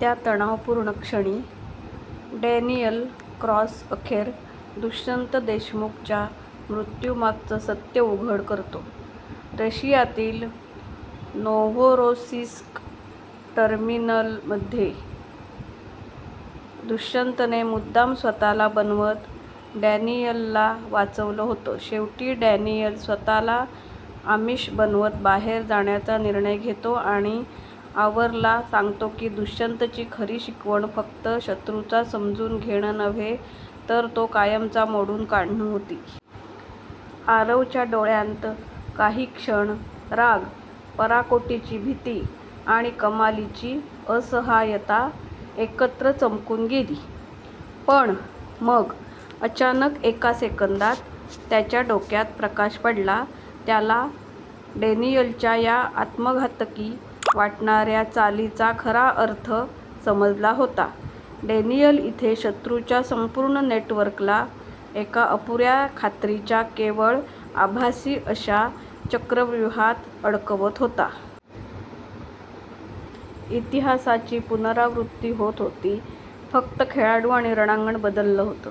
त्या तणावपूर्ण क्षणी डॅनियल क्रॉस अखेर दुष्यंत देशमुखच्या मृत्यूमागचं सत्य उघड करतो, रशियातील नोव्होरोसिस्क टर्मिनलमध्ये दुष्यंतने मुद्दाम स्वतःला बनवत डॅनियलला वाचवलं होतं. शेवटी डॅनियल स्वतःला आमिष बनवत बाहेर जाण्याचा निर्णय घेतो आणि आरवला सांगतो की दुष्यंतची खरी शिकवण फक्त शत्रूचा समजून घेणं नव्हे, तर तो कायमचा मोडून काढणं होती. आरवच्या डोळ्यांत काही क्षण राग, पराकोटीची भीती आणि कमालीची असहायता एकत्र चमकून गेली. पण मग अचानक, एका सेकंदात त्याच्या डोक्यात प्रकाश पडला. त्याला डॅनियलच्या या आत्मघातकी वाटणाऱ्या चालीचा खरा अर्थ समजला होता. डॅनियल इथे शत्रूच्या संपूर्ण नेटवर्कला एका अपुऱ्या खात्रीच्या, केवळ आभासी अशा चक्रव्यूहात अडकवत होता. इतिहासाची पुनरावृत्ती होत होती, फक्त खेळाडू आणि रणांगण बदललं होतं.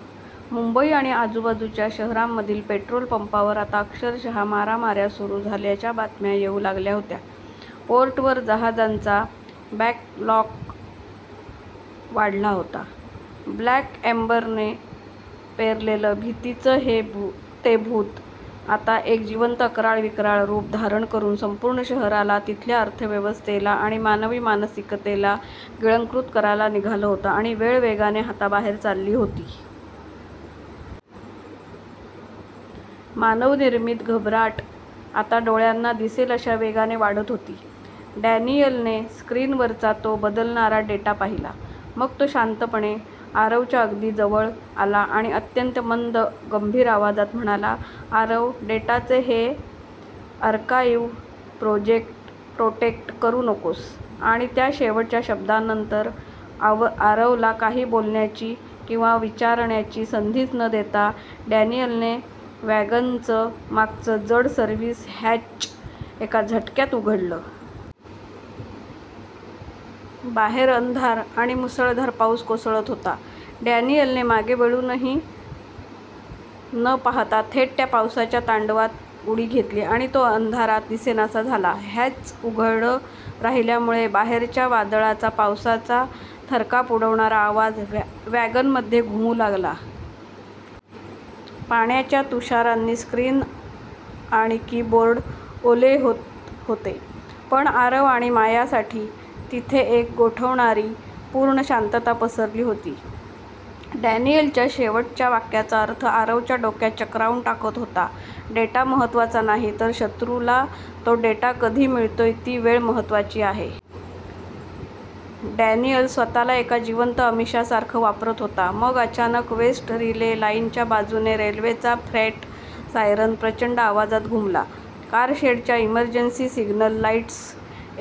मुंबई आणि आजूबाजूच्या शहरांमधील पेट्रोल पंपांवर आता अक्षरशः मारामार्या सुरू झाल्याच्या बातम्या येऊ लागल्या होत्या. पोर्टवर जहाजांचा बॅकलॉग वाढला होता. ब्लॅक एम्बरने पेरलेलं भीतीचं ते भूत आता एक जिवंत, अक्राळविक्राळ रूप धारण करून संपूर्ण शहराला, तिथल्या अर्थव्यवस्थेला आणि मानवी मानसिकतेला गिळंकृत करायला निघालं होतं आणि वेळ वेगाने हाताबाहेर चालली होती. मानवनिर्मित घबराट आता डोळ्यांना दिसेल अशा वेगाने वाढत होती. डॅनियलने स्क्रीनवरचा तो बदलणारा डेटा पाहिला. मग तो शांतपणे आरवच्या अगदी जवळ आला आणि अत्यंत मंद, गंभीर आवाजात म्हणाला, "आरव डेटाचं हे आर्काइव्ह प्रोटेक्ट करू नकोस " आणि त्या शेवटच्या शब्दांनंतर, आरवला काही बोलण्याची किंवा विचारण्याची संधीच न देता, डॅनियलने वॅगनचं मागचं जड सर्व्हिस हॅच एका झटक्यात उघडलं. बाहेर अंधार आणि मुसळधार पाऊस कोसळत होता. डॅनियलने मागे वळूनही न पाहता थेट त्या पावसाच्या तांडवात उडी घेतली आणि तो अंधारात दिसेनासा झाला. हॅच उघडं राहिल्यामुळे बाहेरच्या वादळाचा, पावसाचा थरकाप उडवणारा आवाज वॅगनमध्ये घुमू लागला. पाण्याच्या तुषारांनी स्क्रीन आणि कीबोर्ड ओले होत होते. पण आरव आणि मायासाठी तिथे एक गोठवणारी, पूर्ण शांतता पसरली होती. डॅनियलच्या शेवटच्या वाक्याचा अर्थ आरवच्या डोक्यात चक्रावून टाकत होता. डेटा महत्त्वाचा नाही, तर शत्रूला तो डेटा कधी मिळतोय ती वेळ महत्त्वाची आहे! डॅनियल स्वतःला एका जिवंत आमिषासारखं वापरत होता. मग अचानक वेस्ट रिले लाईनच्या बाजूने रेल्वेचा फ्रेट सायरन प्रचंड आवाजात घुमला. कारशेडच्या इमर्जन्सी सिग्नल लाईट्स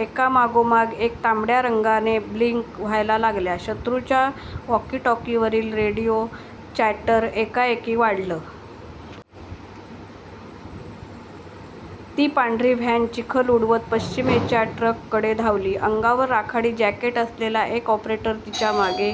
एकामागोमाग एक तांबड्या रंगाने ब्लिंक व्हायला लागल्या. शत्रूच्या वॉकी-टॉकीवरील रेडिओ चॅटर एकाएकी वाढलं. ती पांढरी व्हॅन चिखल उडवत पश्चिमेच्या ट्रॅककडे धावली. अंगावर राखाडी जॅकेट असलेला एक ऑपरेटर तिच्या मागे